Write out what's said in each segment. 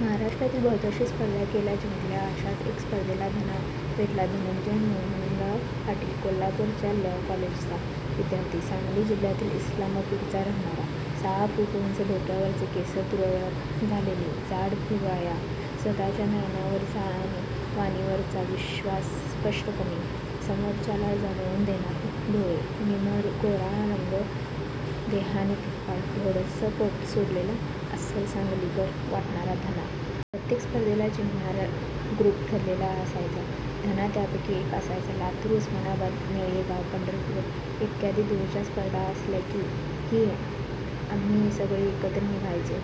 महाराष्ट्रातल्या बहुतांश स्पर्धा केल्या. जिंकल्या. अशाच एका स्पर्धेला धना भेटला, धनंजय मोहनराव पाटील, कोल्हापूरच्या लॉ कॉलेजचा विध्यार्थी. सांगली जिल्ह्यातल्या इस्लामपूरचा राहणारा, सहा फूट उंच, डोक्यावरचे केस तुरळक झालेले, जाड भुवया, स्वतःच्या ज्ञानावरचा आणि वाणीवरचा विश्वास स्पष्टपणे समोरच्याला जाणवून देणारे डोळे, निमगोरा रंग, देहानं धिप्पाड, थोडसं पोट सुटलेलं, अस्सल सांगलीकर वाटणारा धना. प्रत्येक स्पर्धेला जिंकणारा ग्रूप ठरलेला असायचा, धना त्यापैकी एक असायचा. लातूर, उस्मानाबाद, नळेगाव, पंढरपूर, इ. दूरच्या स्पर्धा असल्या की आम्ही सगळे एकत्र निघायचो.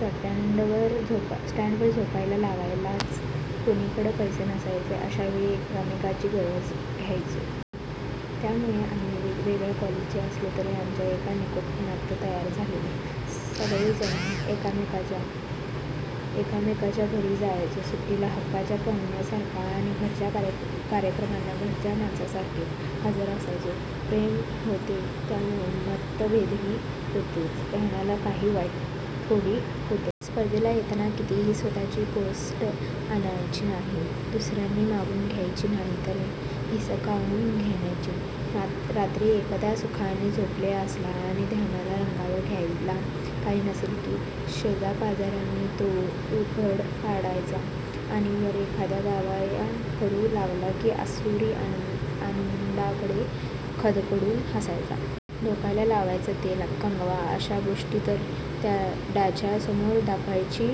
स्ट्यांडवर झोपायला लागायचं. कुणाकडं पैसे नसायचे अशा वेळी एकमेकाची काळजी घ्यायचो. त्यामुळं आम्ही वेगवेगळ्या कॉलेजचे असलो तरी आमच्यात एक निकोप नातं तयार झालेलं. सगळेजण एकमेकाच्या घरी जायचो. सुट्टीला हक्काच्या पाहुण्यांसारखे आणि घरच्या कार्यक्रमांना घरच्या माणसांसारखे हजर असायचो. प्रेम होतं त्यामुळं मतभेदही होतेच. धन्याला काही वाईट खोडी होत्या. स्पर्धेला येताना कधीही स्वतःची पेस्ट आणायची नाही. दुसर्यांना मागून घ्यायची नाहितर हिसकाऊन घ्यायची. रात्री एखादा सुखाने झोपला असला आणि धन्याला अंगावर घ्यायला काही नसलं की शेजापाजर्यांना तो ऊघडं पाडायचा, आणि वर एखादा गयावया करू लागला की आसुरी आनंडानं खदखदून हसायचा. डोक्याला लावायचं तेल, कंगवा अशा गोष्टी तर त्याच्यासमोर दाखवायची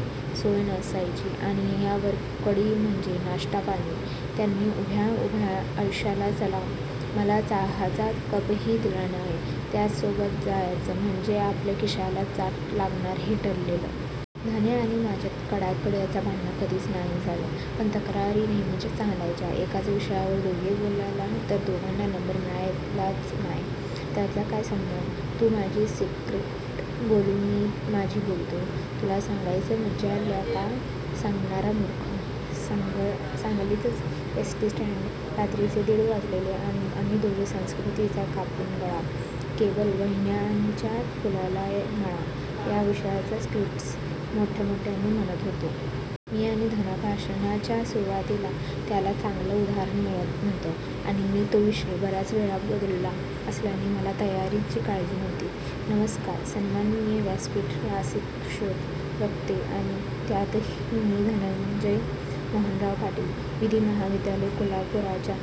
सोय नसायची. आणि यावर कडी म्हणजे नाष्टा पाणी. त्याने उभ्या आयुष्यात मला चहाचा कपही दिला नाही. त्याच्यासोबत जायचं म्हणजे आपल्या खिशाला चाट लागणार हे ठरलेलं. धन्या आणि माझ्यात कडाक्याचं भांडण कधीच नाही झालं पण तक्रारी नेहमीच चालायच्या "एकाच विषयावर दोघं बोललो तर दोघांना नंबर मिळायचा नाय. " "त्याचा काय संबंध? तू तुझी स्क्रीप्ट बोल मी माझी बोलतो" "तुला सांगायच मजी ल्यका सांगणारा मुर्ख" सांगलीच एसटी स्ट्यांड, रात्रीचे दीड वाजलेले आणि आम्ही दोघं 'संस्कृतीचा कापून गळा, केबल वाहिन्यांचा फुललाय मळा' या विषयाच्या स्क्रिप्ट्स मोठमोठ्यानं म्हणत होतो. मी आणि धना. भाषणाच्या सुरूवातीला त्याला चांगलं उदाहरण मिळत नव्हतं आणि मी तो विषय बर्याच वेळा बोललो असल्यानं मला तयारीची काळजी नव्हती. "नमस्कार सन्मानणिय व्यासपीठ... रसिक श्रोते, वक्ते आणि ज्ञातेहो, मी धनंजय मोहनराव पाटील, विधी महाविद्यालय कोल्हापूरचा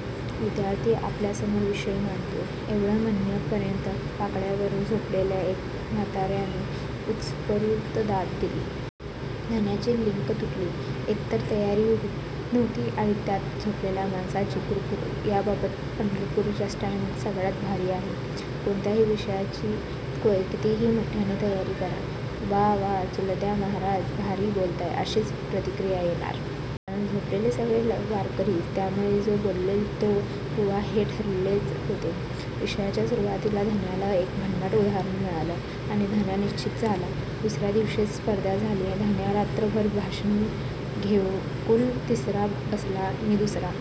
विध्यार्थी आपल्यासमोर विषय मंडतोय " एवढं म्हणेपर्यंत बाकड्यावर झोपलेल्या एका म्हातार्याने उत्स्फुर्त दाद दिली. धन्याची लिंक तुटली. एकतर तयारी होत नव्हती आणि त्यात झोपलेल्या माणसांची कुरकूर. याबाबतीत पंढरपूरचं स्ट्यांड सगळ्यात भारी आहे. कोणत्याही विषयाची कितीही मोठ्यानं तयारी करा "वा वा चालुद्या म्हाराज, भारी बोलताय " अशीच प्रतिक्रीया येणार. कारण झोपलेले सगळे वारकरीच त्यामुळं जो बोलेल तो बुवा हे ठरलेलच होतं. विषयाच्या सुरूवातीला धन्याला एक भन्नाट उदाहरण मिळालं आणि धन्या निश्चिंत झाला. दुसर्या दिवशीची स्पर्धा झाली.धन्या रात्रभर भाषण घोकून तिसरा बसला मी दुसरा.